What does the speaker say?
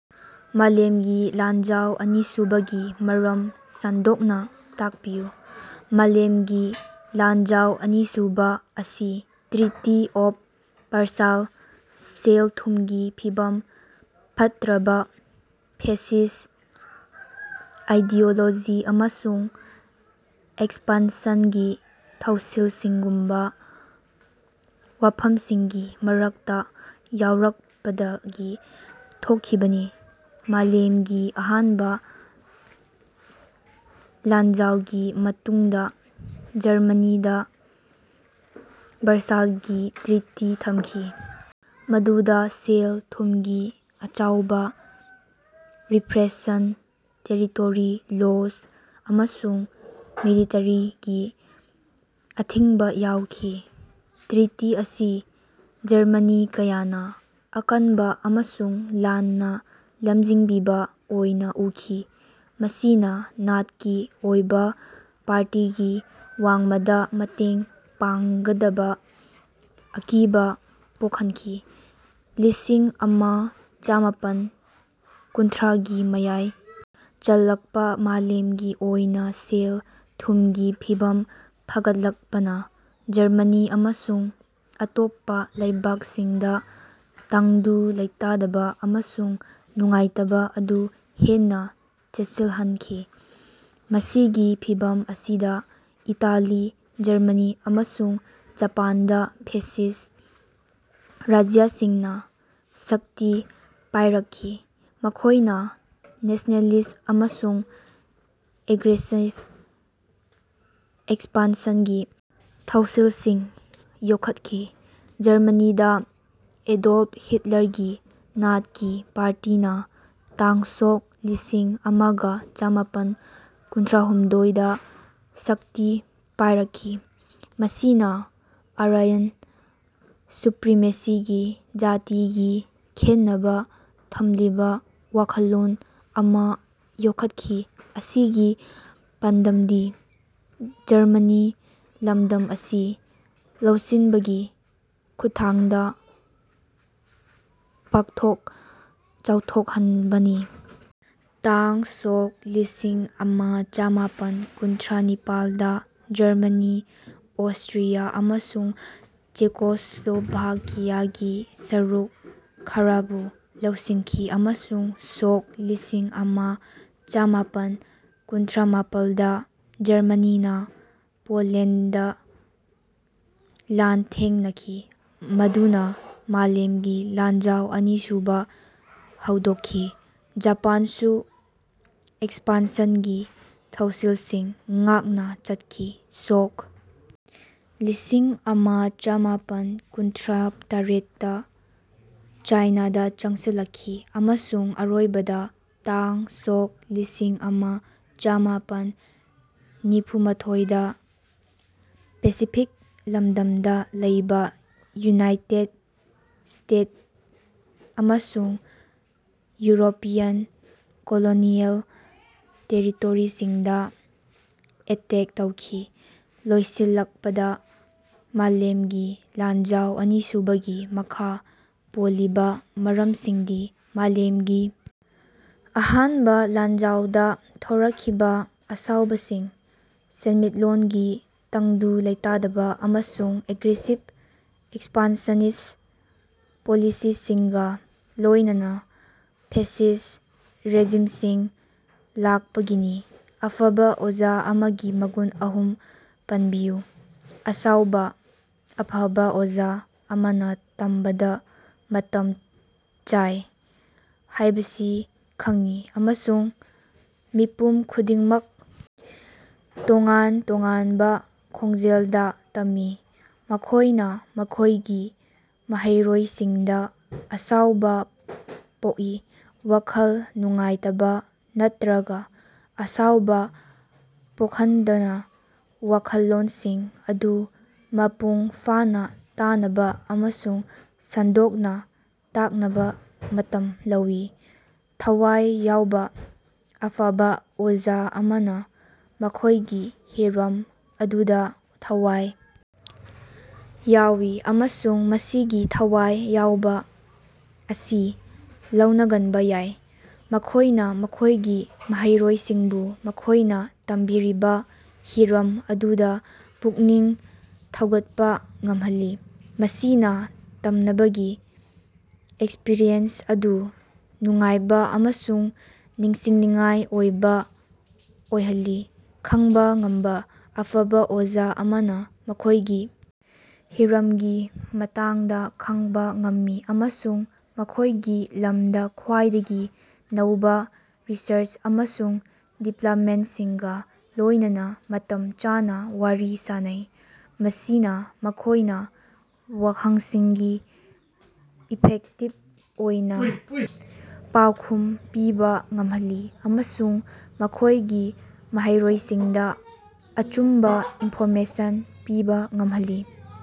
ꯃꯥꯂꯦꯝꯒꯤ ꯂꯥꯟꯖꯥꯎ ꯑꯅꯤꯁꯨꯕꯒꯤ ꯃꯔꯝ ꯁꯟꯗꯣꯛꯅꯥ ꯇꯥꯛꯄꯤꯌꯨ꯫ ꯃꯥꯂꯦꯝꯒꯤ ꯂꯥꯟꯖꯥꯎ ꯑꯅꯤꯁꯨꯕꯥ ꯑꯁꯤ ꯇ꯭ꯔꯤꯇꯤ ꯑꯣꯐ ꯕꯔꯁꯥꯏꯜ, ꯁꯦꯜ-ꯊꯨꯝꯒꯤ ꯐꯤꯕꯝ ꯐꯠꯇ꯭ꯔꯕ, ꯐꯦꯁꯤꯁ ꯑꯥꯏꯗꯤꯑꯣꯂꯣꯖꯤ ꯑꯃꯁꯨꯡ ꯑꯦꯛꯁꯄꯥꯟꯁꯟꯒꯤ ꯊꯧꯁꯤꯜꯁꯤꯡꯒꯨꯝꯕꯥ ꯋꯥꯐꯝꯁꯤꯡꯒꯤ ꯃꯔꯛꯇꯥ ꯌꯥꯎꯔꯛꯄꯗꯒꯤ ꯊꯣꯛꯈꯤꯕꯅꯤ꯫ ꯃꯥꯂꯦꯝꯒꯤ ꯑꯍꯥꯟꯕ ꯂꯥꯟꯖꯥꯎꯒꯤ ꯃꯇꯨꯡꯗꯥ ꯖꯔꯃꯅꯤꯗꯥ ꯕꯔꯁꯥꯏꯜꯒꯤ ꯇ꯭ꯔꯤꯇꯤ ꯊꯝꯈꯤ, ꯃꯗꯨꯗꯥ ꯁꯦꯜ-ꯊꯨꯝꯒꯤ ꯑꯆꯧꯕ ꯔꯤꯄ꯭ꯔꯦꯁꯟ, ꯇꯦꯔꯤꯇꯣꯔꯤ ꯂꯣꯁ ꯑꯃꯁꯨꯡ ꯃꯤꯂꯤꯇꯔꯤꯒꯤ ꯑꯊꯤꯡꯕ ꯌꯥꯎꯈꯤ꯫ ꯇ꯭ꯔꯤꯇꯤ ꯑꯁꯤ ꯖꯔꯃꯅꯤ ꯀꯌꯥꯅꯥ ꯑꯀꯟꯕꯥ ꯑꯃꯁꯨꯡ ꯂꯥꯟꯅꯥ ꯂꯝꯖꯤꯡꯕꯤꯕꯥ ꯑꯣꯏꯅꯥ ꯎꯈꯤ, ꯃꯁꯤꯅꯥ ꯅꯥꯠꯀꯤ ꯑꯣꯏꯕꯥ ꯄꯥꯔꯇꯤꯒꯤ ꯋꯥꯡꯃꯗꯥ ꯃꯇꯦꯡ ꯄꯥꯡꯒꯗꯕꯥ ꯑꯀꯤꯕꯥ ꯄꯣꯛꯍꯟꯈꯤ꯫ꯂꯤꯁꯤꯡ ꯑꯃꯥ ꯆꯥꯃꯥꯄꯟ ꯀꯨꯟꯊ꯭ꯔꯥꯒꯤ ꯃꯌꯥꯏ ꯆꯜꯂꯛꯄ ꯃꯥꯂꯦꯝꯒꯤ ꯑꯣꯏꯅꯥ ꯁꯦꯜ-ꯊꯨꯝꯒꯤ ꯐꯤꯚꯝ ꯐꯒꯠꯂꯛꯄꯅꯥ ꯖꯔꯃꯅꯤ ꯑꯃꯁꯨꯡ ꯑꯇꯣꯞꯄꯥ ꯂꯩꯕꯥꯛꯁꯤꯡꯗꯥ ꯇꯪꯗꯨ ꯂꯩꯇꯥꯗꯕꯥ ꯑꯃꯁꯨꯡ ꯅꯨꯡꯉꯥꯏꯇꯕꯥ ꯑꯗꯨ ꯍꯦꯟꯅꯥ ꯆꯦꯠꯁꯤꯜꯍꯟꯈꯤ꯫ ꯃꯁꯤꯒꯤ ꯐꯤꯚꯝ ꯑꯁꯤꯗꯥ ꯏꯇꯥꯂꯤ, ꯖꯔꯃꯅꯤ ꯑꯃꯁꯨꯡ ꯖꯄꯥꯟꯗ ꯐꯦꯁꯤꯁ ꯔꯥꯖ꯭ꯌꯁꯤꯡꯅꯥ ꯁꯛꯇꯤ ꯄꯥꯏꯔꯛꯈꯤ, ꯃꯈꯣꯏꯅ ꯅꯦꯁꯅꯦꯂꯤꯁ ꯑꯃꯁꯨꯡ ꯑꯦꯒ꯭ꯔꯦꯁꯤꯞ ꯑꯦꯛꯁꯄꯥꯟꯁꯟꯒꯤ ꯊꯧꯁꯤꯜꯁꯤꯡ ꯌꯣꯛꯈꯠꯈꯤ꯫ ꯖꯔꯃꯅꯤꯗꯥ ꯑꯦꯗꯣꯜꯐ ꯍꯤꯠꯂꯔꯒꯤ ꯅꯥꯠꯀꯤ ꯄꯥꯔꯇꯤꯅꯥ ꯏꯪ ꯁꯣꯛ ꯂꯤꯁꯤꯡ ꯑꯃꯒꯥ ꯆꯃꯥꯄꯟ ꯀꯨꯟꯊ꯭ꯔꯥꯍꯨꯝꯗꯣꯏꯗꯥ ꯁꯛꯇꯤ ꯄꯥꯏꯔꯛꯈꯤ, ꯃꯁꯤꯅꯥ ꯑꯥꯔꯌꯟ ꯁꯨꯄ꯭ꯔꯤꯃꯦꯁꯤꯒꯤ ꯖꯥꯇꯤꯒꯤ ꯈꯦꯟꯅꯕꯥ ꯊꯝꯂꯤꯕꯥ ꯋꯥꯈꯜꯂꯣꯟ ꯑꯃꯥ ꯌꯣꯛꯈꯠꯈꯤ, ꯃꯁꯤꯒꯤ ꯄꯥꯟꯗꯝꯗꯤ ꯖꯔꯃꯅꯤꯒꯤ ꯂꯝꯗꯝ ꯑꯁꯤ ꯂꯧꯁꯤꯟꯕꯒꯤ ꯈꯨꯠꯊꯥꯡꯗꯥ ꯄꯥꯛꯊꯣꯛ ꯆꯥꯎꯊꯣꯛꯍꯟꯕꯅꯤ꯫ ꯇꯥꯡ ꯁꯣꯛ ꯂꯤꯁꯤꯡ ꯑꯃꯥ ꯆꯃꯥꯄꯟ ꯀꯨꯟꯊ꯭ꯔꯥꯅꯤꯄꯥꯜꯗꯥ ꯖꯔꯃꯅꯤꯅꯥ ꯑꯣꯁꯇ꯭ꯔꯤꯌꯥ ꯑꯃꯁꯨꯡ ꯆꯦꯀꯣꯁ꯭ꯂꯣꯚꯥꯀꯤꯌꯥꯒꯤ ꯁꯔꯨꯛ ꯈꯔꯕꯨ ꯂꯧꯁꯤꯟꯈꯤ ꯑꯃꯁꯨꯡ ꯁꯣꯛ ꯂꯤꯁꯤꯡ ꯑꯃꯥ ꯆꯃꯥꯄꯟ ꯀꯨꯟꯊ꯭ꯔꯥꯃꯄꯜꯗꯥ ꯖꯔꯃꯅꯤꯅꯥ ꯄꯣꯂꯦꯟꯗꯇꯥ ꯂꯥꯟꯊꯦꯡꯅꯈꯤ, ꯃꯗꯨꯅꯥ ꯃꯥꯂꯦꯝꯒꯤ ꯂꯥꯟꯖꯥꯎ ꯑꯅꯤꯁꯨꯕꯥ ꯍꯧꯗꯣꯛꯈꯤ꯫ ꯖꯄꯥꯟꯁꯨ ꯑꯦꯛꯁꯄꯥꯟꯁꯟꯒꯤ ꯊꯧꯁꯤꯜꯁꯤꯡ ꯉꯥꯛꯅꯥ ꯆꯠꯈꯤ, ꯁꯣꯛ ꯂꯤꯁꯤꯡ ꯑꯃꯥ ꯆꯃꯥꯄꯟ ꯀꯨꯟꯊ꯭ꯔꯥꯇꯔꯦꯠꯇꯥ ꯆꯥꯏꯅꯥꯗꯥ ꯆꯪꯁꯤꯜꯂꯛꯈꯤ ꯑꯃꯁꯨꯡ ꯑꯔꯣꯏꯕꯗꯥ ꯇꯥꯡ ꯁꯣꯛ ꯂꯤꯁꯤꯡ ꯑꯃꯥ ꯆꯃꯥꯄꯟ ꯅꯤꯐꯨꯃꯊꯣꯏꯗꯥ ꯄꯦꯁꯤꯐꯤꯛ ꯂꯝꯗꯝꯗꯥ ꯂꯩꯕꯥ ꯌꯨꯅꯥꯏꯇꯦꯠ ꯁ꯭ꯇꯦꯠꯁ ꯑꯃꯁꯨꯡ ꯌꯨꯔꯣꯄꯤꯌꯟ ꯀꯣꯂꯣꯅꯤꯑꯦꯜ ꯇꯦꯔꯤꯇꯣꯔꯤꯁꯤꯡꯗꯥ ꯑꯦꯇꯦꯛ ꯇꯧꯈꯤ, ꯂꯣꯏꯁꯤꯜꯂꯛꯄꯗꯥ, ꯃꯥꯂꯦꯝꯒꯤ ꯂꯥꯟꯖꯥꯎ ꯑꯅꯤꯁꯨꯕꯒꯤ ꯃꯈꯥ ꯄꯣꯜꯂꯤꯕꯥ ꯃꯔꯝꯁꯤꯡꯗꯤ ꯃꯥꯂꯦꯝꯒꯤ ꯑꯍꯥꯟꯕ ꯂꯥꯟꯖꯥꯎꯗꯒꯤ ꯊꯣꯔꯛꯈꯤꯕ ꯑꯁꯥꯎꯕꯁꯤꯡ, ꯁꯦꯟꯃꯤꯠꯂꯣꯟꯒꯤ ꯇꯪꯗꯨ ꯂꯩꯇꯥꯗꯕ ꯑꯃꯁꯨꯡ ꯑꯦꯒ꯭ꯔꯦꯁꯤꯕ ꯑꯦꯛꯁꯄꯥꯟꯁꯅꯤꯁ ꯄꯣꯂꯤꯁꯤꯁꯤꯡꯒꯥ ꯂꯣꯏꯅꯅꯥ ꯐꯦꯁꯤꯁ ꯔꯦꯖꯤꯝꯁꯤꯡ ꯂꯥꯛꯄꯥꯗꯒꯤꯅꯤ꯫ ꯑꯐꯕꯥ ꯑꯣꯖꯥ ꯑꯃꯒꯤ ꯃꯒꯨꯟ ꯑꯍꯨꯝ ꯄꯟꯕꯤꯌꯨ꯫ ꯑꯁꯥꯎꯕꯥ: ꯑꯐꯕꯥ ꯑꯣꯖꯥ ꯑꯃꯅꯥ ꯇꯝꯕꯗꯥ ꯃꯇꯝ ꯆꯥꯏ ꯍꯥꯏꯕꯁꯤ ꯈꯪꯏ ꯑꯃꯁꯨꯡ ꯃꯤꯄꯨꯝ ꯈꯨꯗꯤꯡꯃꯛ ꯇꯣꯉꯥꯟ ꯇꯣꯉꯥꯟꯕ ꯈꯣꯡꯖꯦꯜꯗꯥ ꯇꯝꯃꯤ꯫ ꯃꯈꯣꯏꯅꯥ ꯃꯈꯣꯏꯒꯤ ꯃꯍꯩꯔꯣꯏꯁꯤꯡꯗꯥ ꯑꯁꯥꯎꯕ ꯄꯣꯛꯏ, ꯋꯥꯈꯜ ꯅꯨꯡꯉꯥꯏꯇꯕꯥ ꯅꯠꯇ꯭ꯔꯒꯥ ꯑꯁꯥꯎꯕ ꯄꯣꯛꯍꯟꯗꯅꯥ ꯋꯥꯈꯜꯂꯣꯟꯁꯤꯡ ꯑꯗꯨ ꯃꯄꯨꯡ ꯐꯥꯅꯥ ꯇꯥꯅꯕꯥ ꯑꯃꯁꯨꯡ ꯁꯟꯗꯣꯛꯅꯥ ꯇꯥꯛꯅꯕꯥ ꯃꯇꯝ ꯂꯧꯏ꯫ ꯊꯋꯥꯏ ꯌꯥꯎꯕꯥ: ꯑꯐꯕꯥ ꯑꯣꯖꯥ ꯑꯃꯅꯥ ꯃꯈꯣꯏꯒꯤ ꯍꯤꯔꯝ ꯑꯗꯨꯗꯥ ꯊꯋꯥꯏ ꯌꯥꯎꯏ ꯑꯃꯁꯨꯡ ꯃꯁꯤꯒꯤ ꯊꯋꯥꯏ ꯌꯥꯎꯕꯥ ꯑꯁꯤ ꯂꯧꯅꯒꯟꯕꯥ ꯌꯥꯏ꯫ ꯃꯈꯣꯏꯅꯥ ꯃꯈꯣꯏꯒꯤ ꯃꯍꯩꯔꯣꯏꯁꯤꯡꯕꯨ ꯃꯈꯣꯏꯅꯥ ꯇꯝꯕꯤꯔꯤꯕꯥ ꯍꯤꯔꯝ ꯑꯗꯨꯗꯥ ꯄꯨꯛꯅꯤꯡ ꯊꯧꯒꯠꯄꯥ ꯉꯝꯍꯜꯂꯤ, ꯃꯁꯤꯅꯥ ꯇꯝꯅꯕꯒꯤ ꯑꯦꯛꯁꯄ꯭ꯔꯤꯌꯦꯟꯁ ꯑꯗꯨ ꯅꯨꯡꯉꯥꯏꯕ ꯑꯃꯁꯨꯡ ꯅꯤꯡꯁꯤꯡꯅꯤꯡꯉꯥꯏ ꯑꯣꯏꯕ ꯑꯣꯏꯍꯜꯂꯤ꯫ ꯈꯪꯕꯥ ꯉꯝꯕꯥ: ꯑꯐꯕꯥ ꯑꯣꯖꯥ ꯑꯃꯅꯥ ꯃꯈꯣꯏꯒꯤ ꯍꯤꯔꯝꯒꯤ ꯃꯇꯥꯡꯗꯥ ꯈꯪꯕꯥ ꯉꯝꯃꯤ ꯑꯃꯁꯨꯡ ꯃꯈꯣꯏꯒꯤ ꯂꯝꯗꯥ ꯈ꯭ꯋꯥꯏꯗꯒꯤ ꯅꯧꯕꯥ ꯔꯤꯁꯔꯆ ꯑꯃꯁꯨꯡ ꯗꯤꯕ꯭ꯂꯞꯃꯦꯟꯇꯁꯤꯡꯒꯥ ꯂꯣꯏꯅꯅꯥ ꯃꯇꯝ ꯆꯥꯅꯥ ꯋꯥꯔꯤ ꯁꯥꯅꯩ꯫ ꯃꯁꯤꯅꯥ ꯃꯈꯣꯏꯅꯥ ꯋꯥꯍꯪꯁꯤꯡꯒꯤ ꯏꯐꯦꯛꯇꯤꯕ ꯑꯣꯏꯅꯥ ꯄꯥꯎꯈꯨꯝ ꯄꯤꯕꯥ ꯉꯝꯍꯜꯂꯤ ꯑꯃꯁꯨꯡ ꯃꯈꯣꯏꯒꯤ ꯃꯍꯩꯔꯣꯏꯁꯤꯡꯗꯥ ꯑꯆꯨꯝꯕꯥ ꯏꯟꯐꯣꯔꯃꯦꯁꯟ ꯄꯤꯕꯥ ꯉꯝꯍꯜꯂꯤ꯫